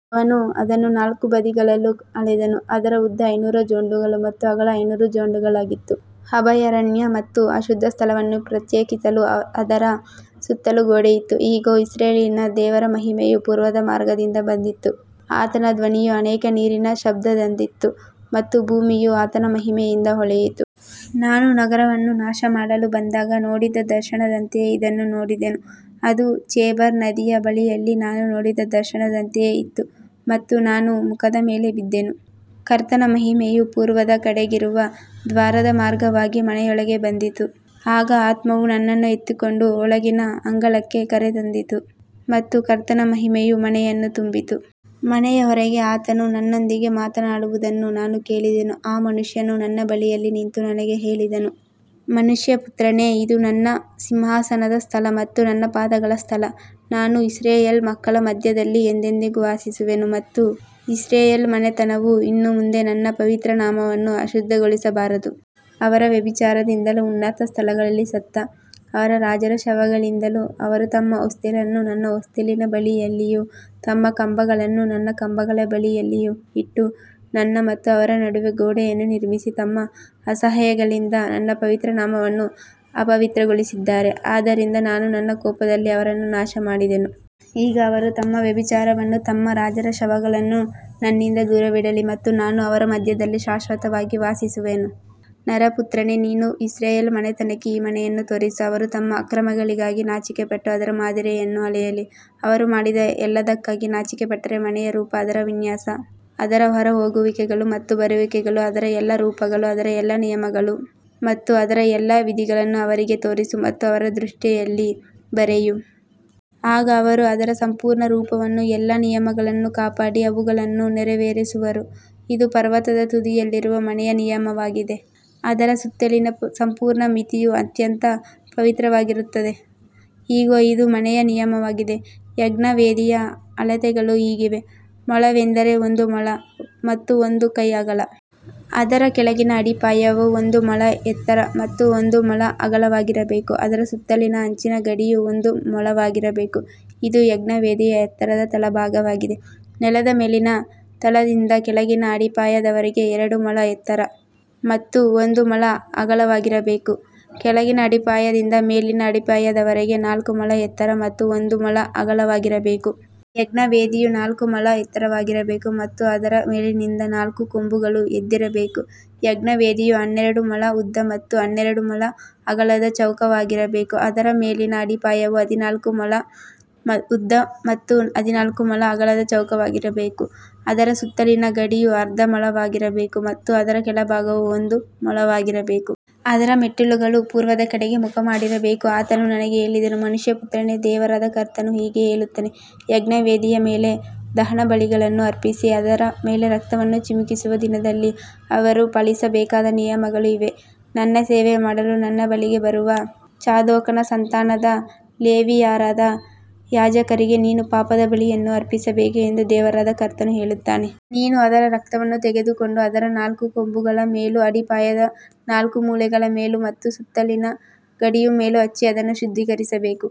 ಅವನು ಅದನ್ನು ನಾಲ್ಕು ಬದಿಗಳಲ್ಲೂ ಅಳೆದನು. ಅದರ ಉದ್ದ ಐನೂರು ಜೊಂಡುಗಳು ಮತ್ತು ಅಗಲ ಐನೂರು ಜೊಂಡುಗಳಾಗಿತ್ತು. ಅಭಯಾರಣ್ಯ ಮತ್ತು ಅಶುದ್ಧ ಸ್ಥಳವನ್ನು ಪ್ರತ್ಯೇಕಿಸಲು ಅದರ ಸುತ್ತಲೂ ಗೋಡೆಯಿತ್ತು. ಇಗೋ, ಇಸ್ರಾಯೇಲಿನ ದೇವರ ಮಹಿಮೆಯು ಪೂರ್ವದ ಮಾರ್ಗದಿಂದ ಬಂದಿತು. ಆತನ ಧ್ವನಿಯು ಅನೇಕ ನೀರಿನ ಶಬ್ದದಂತಿತ್ತು ಮತ್ತು ಭೂಮಿಯು ಆತನ ಮಹಿಮೆಯಿಂದ ಹೊಳೆಯಿತು. ನಾನು ನಗರವನ್ನು ನಾಶಮಾಡಲು ಬಂದಾಗ ನೋಡಿದ ದರ್ಶನದಂತೆಯೇ ಇದನ್ನೂ ನೋಡಿದೆನು. ಅದು ಚೇಬಾರ್ ನದಿಯ ಬಳಿಯಲ್ಲಿ ನಾನು ನೋಡಿದ ದರ್ಶನದಂತೆಯೇ ಇತ್ತು ಮತ್ತು ನಾನು ಮುಖದ ಮೇಲೆ ಬಿದ್ದೆನು. ಕರ್ತನ ಮಹಿಮೆಯು ಪೂರ್ವದ ಕಡೆಗಿರುವ ದ್ವಾರದ ಮಾರ್ಗವಾಗಿ ಮನೆಯೊಳಗೆ ಬಂದಿತು. ಆಗ ಆತ್ಮವು ನನ್ನನ್ನು ಎತ್ತಿಕೊಂಡು ಒಳಗಿನ ಅಂಗಳಕ್ಕೆ ಕರೆತಂದಿತು ಮತ್ತು ಕರ್ತನ ಮಹಿಮೆಯು ಮನೆಯನ್ನು ತುಂಬಿತು. ಮನೆಯ ಹೊರಗೆ ಆತನು ನನ್ನೊಂದಿಗೆ ಮಾತನಾಡುವುದನ್ನು ನಾನು ಕೇಳಿದೆನು. ಆ ಮನುಷ್ಯನು ನನ್ನ ಬಳಿಯಲ್ಲಿ ನಿಂತು ನನಗೆ ಹೇಳಿದನು, ಮನುಷ್ಯಪುತ್ರನೇ, ಇದು ನನ್ನ ಸಿಂಹಾಸನದ ಸ್ಥಳ ಮತ್ತು ನನ್ನ ಪಾದಗಳ ಸ್ಥಳ. ನಾನು ಇಸ್ರಾಯೇಲ್ ಮಕ್ಕಳ ಮಧ್ಯದಲ್ಲಿ ಎಂದೆಂದಿಗೂ ವಾಸಿಸುವೆನು ಮತ್ತು ಇಸ್ರಾಯೇಲ್ ಮನೆತನವು ಇನ್ನು ಮುಂದೆ ನನ್ನ ಪವಿತ್ರ ನಾಮವನ್ನು ಅಶುದ್ಧಗೊಳಿಸಬಾರದು. ಅವರ ವ್ಯಭಿಚಾರದಿಂದಲೂ, ಉನ್ನತ ಸ್ಥಳಗಳಲ್ಲಿ ಸತ್ತ ಅವರ ರಾಜರ ಶವಗಳಿಂದಲೂ, ಅವರು ತಮ್ಮ ಹೊಸ್ತಿಲನ್ನು ನನ್ನ ಹೊಸ್ತಿಲಿನ ಬಳಿಯಲ್ಲಿಯೂ ತಮ್ಮ ಕಂಬಗಳನ್ನು ನನ್ನ ಕಂಬಗಳ ಬಳಿಯಲ್ಲಿಯೂ ಇಟ್ಟು, ನನ್ನ ಮತ್ತು ಅವರ ನಡುವೆ ಗೋಡೆಯನ್ನು ನಿರ್ಮಿಸಿ ತಮ್ಮ ಅಸಹ್ಯಗಳಿಂದ ನನ್ನ ಪವಿತ್ರ ನಾಮವನ್ನು ಅಪವಿತ್ರಗೊಳಿಸಿದ್ದಾರೆ. ಆದ್ದರಿಂದ ನಾನು ನನ್ನ ಕೋಪದಲ್ಲಿ ಅವರನ್ನು ನಾಶಮಾಡಿದೆನು. ಈಗ ಅವರು ತಮ್ಮ ವ್ಯಭಿಚಾರವನ್ನೂ ತಮ್ಮ ರಾಜರ ಶವಗಳನ್ನೂ ನನ್ನಿಂದ ದೂರವಿಡಲಿ ಮತ್ತು ನಾನು ಅವರ ಮಧ್ಯದಲ್ಲಿ ಶಾಶ್ವತವಾಗಿ ವಾಸಿಸುವೆನು. ನರಪುತ್ರನೇ, ನೀನು ಇಸ್ರಾಯೇಲ್ ಮನೆತನಕ್ಕೆ ಈ ಮನೆಯನ್ನು ತೋರಿಸು. ಅವರು ತಮ್ಮ ಅಕ್ರಮಗಳಿಗಾಗಿ ನಾಚಿಕೆಪಟ್ಟು ಅದರ ಮಾದರಿಯನ್ನು ಅಳೆಯಲಿ. ಅವರು ಮಾಡಿದ ಎಲ್ಲದಕ್ಕಾಗಿ ನಾಚಿಕೆಪಟ್ಟರೆ, ಮನೆಯ ರೂಪ, ಅದರ ವಿನ್ಯಾಸ, ಅದರ ಹೊರಹೋಗುವಿಕೆಗಳು ಮತ್ತು ಬರುವಿಕೆಗಳು, ಅದರ ಎಲ್ಲಾ ರೂಪಗಳು, ಅದರ ಎಲ್ಲಾ ನಿಯಮಗಳು ಮತ್ತು ಅದರ ಎಲ್ಲಾ ವಿಧಿಗಳನ್ನು ಅವರಿಗೆ ತೋರಿಸು ಮತ್ತು ಅವರ ದೃಷ್ಟಿಯಲ್ಲಿ ಬರೆಯು. ಆಗ ಅವರು ಅದರ ಸಂಪೂರ್ಣ ರೂಪವನ್ನೂ ಎಲ್ಲಾ ನಿಯಮಗಳನ್ನೂ ಕಾಪಾಡಿ ಅವುಗಳನ್ನು ನೆರವೇರಿಸುವರು. ಇದು ಪರ್ವತದ ತುದಿಯಲ್ಲಿರುವ ಮನೆಯ ನಿಯಮವಾಗಿದೆ. ಅದರ ಸುತ್ತಲಿನ ಸಂಪೂರ್ಣ ಮಿತಿಯು ಅತ್ಯಂತ ಪವಿತ್ರವಾಗಿರುತ್ತದೆ. ಇಗೋ, ಇದು ಮನೆಯ ನಿಯಮವಾಗಿದೆ. ಯಜ್ಞವೇದಿಯ ಅಳತೆಗಳು ಹೀಗಿವೆ. ಮೊಳವೆಂದರೆ ಒಂದು ಮೊಳ ಮತ್ತು ಒಂದು ಕೈ ಅಗಲ. ಅದರ ಕೆಳಗಿನ ಅಡಿಪಾಯವು ಒಂದು ಮೊಳ ಎತ್ತರ ಮತ್ತು ಒಂದು ಮೊಳ ಅಗಲವಾಗಿರಬೇಕು. ಅದರ ಸುತ್ತಲಿನ ಅಂಚಿನ ಗಡಿಯು ಒಂದು ಮೊಳವಾಗಿರಬೇಕು. ಇದು ಯಜ್ಞವೇದಿಯ ಎತ್ತರದ ತಳಭಾಗವಾಗಿದೆ. ನೆಲದ ಮೇಲಿನ ತಳದಿಂದ ಕೆಳಗಿನ ಅಡಿಪಾಯದವರೆಗೆ ಎರಡು ಮೊಳ ಎತ್ತರ ಮತ್ತು ಒಂದು ಮೊಳ ಅಗಲವಾಗಿರಬೇಕು. ಕೆಳಗಿನ ಅಡಿಪಾಯದಿಂದ ಮೇಲಿನ ಅಡಿಪಾಯದವರೆಗೆ ನಾಲ್ಕು ಮೊಳ ಎತ್ತರ ಮತ್ತು ಒಂದು ಮೊಳ ಅಗಲವಾಗಿರಬೇಕು. ಯಜ್ಞವೇದಿಯು ನಾಲ್ಕು ಮೊಳ ಎತ್ತರವಾಗಿರಬೇಕು ಮತ್ತು ಅದರ ಮೇಲಿನಿಂದ ನಾಲ್ಕು ಕೊಂಬುಗಳು ಎದ್ದಿರಬೇಕು. ಯಜ್ಞವೇದಿಯು ಹನ್ನೆರಡು ಮೊಳ ಉದ್ದ ಮತ್ತು ಹನ್ನೆರಡು ಮೊಳ ಅಗಲದ ಚೌಕವಾಗಿರಬೇಕು. ಅದರ ಮೇಲಿನ ಅಡಿಪಾಯವು ಹದಿನಾಲ್ಕು ಮೊಳ ಉದ್ದ ಮತ್ತು ಹದಿನಾಲ್ಕು ಮೊಳ ಅಗಲದ ಚೌಕವಾಗಿರಬೇಕು. ಅದರ ಸುತ್ತಲಿನ ಗಡಿಯು ಅರ್ಧ ಮೊಳವಾಗಿರಬೇಕು ಮತ್ತು ಅದರ ಕೆಳಭಾಗವು ಒಂದು ಮೊಳವಾಗಿರಬೇಕು. ಅದರ ಮೆಟ್ಟಿಲುಗಳು ಪೂರ್ವದ ಕಡೆಗೆ ಮುಖಮಾಡಿರಬೇಕು. ಆತನು ನನಗೆ ಹೇಳಿದನು, ಮನುಷ್ಯಪುತ್ರನೇ, ದೇವರಾದ ಕರ್ತನು ಹೀಗೆ ಹೇಳುತ್ತಾನೆ, ಯಜ್ಞವೇದಿಯ ಮೇಲೆ ದಹನಬಲಿಗಳನ್ನು ಅರ್ಪಿಸಿ ಅದರ ಮೇಲೆ ರಕ್ತವನ್ನು ಚಿಮುಕಿಸುವ ದಿನದಲ್ಲಿ ಅವರು ಪಾಲಿಸಬೇಕಾದ ನಿಯಮಗಳು ಇವೇ. ನನ್ನ ಸೇವೆ ಮಾಡಲು ನನ್ನ ಬಳಿಗೆ ಬರುವ ಚಾದೋಕನ ಸಂತಾನದ ಲೇವಿಯರಾದ ಯಾಜಕರಿಗೆ ನೀನು ಪಾಪದ ಬಲಿಯನ್ನು ಅರ್ಪಿಸಬೇಕು ಎಂದು ದೇವರಾದ ಕರ್ತನು ಹೇಳುತ್ತಾನೆ. ನೀನು ಅದರ ರಕ್ತವನ್ನು ತೆಗೆದುಕೊಂಡು ಅದರ ನಾಲ್ಕು ಕೊಂಬುಗಳ ಮೇಲೂ, ಅಡಿಪಾಯದ ನಾಲ್ಕು ಮೂಲೆಗಳ ಮೇಲೂ ಮತ್ತು ಸುತ್ತಲಿನ ಗಡಿಯ ಮೇಲೂ ಹಚ್ಚಿ ಅದನ್ನು ಶುದ್ಧೀಕರಿಸಬೇಕು.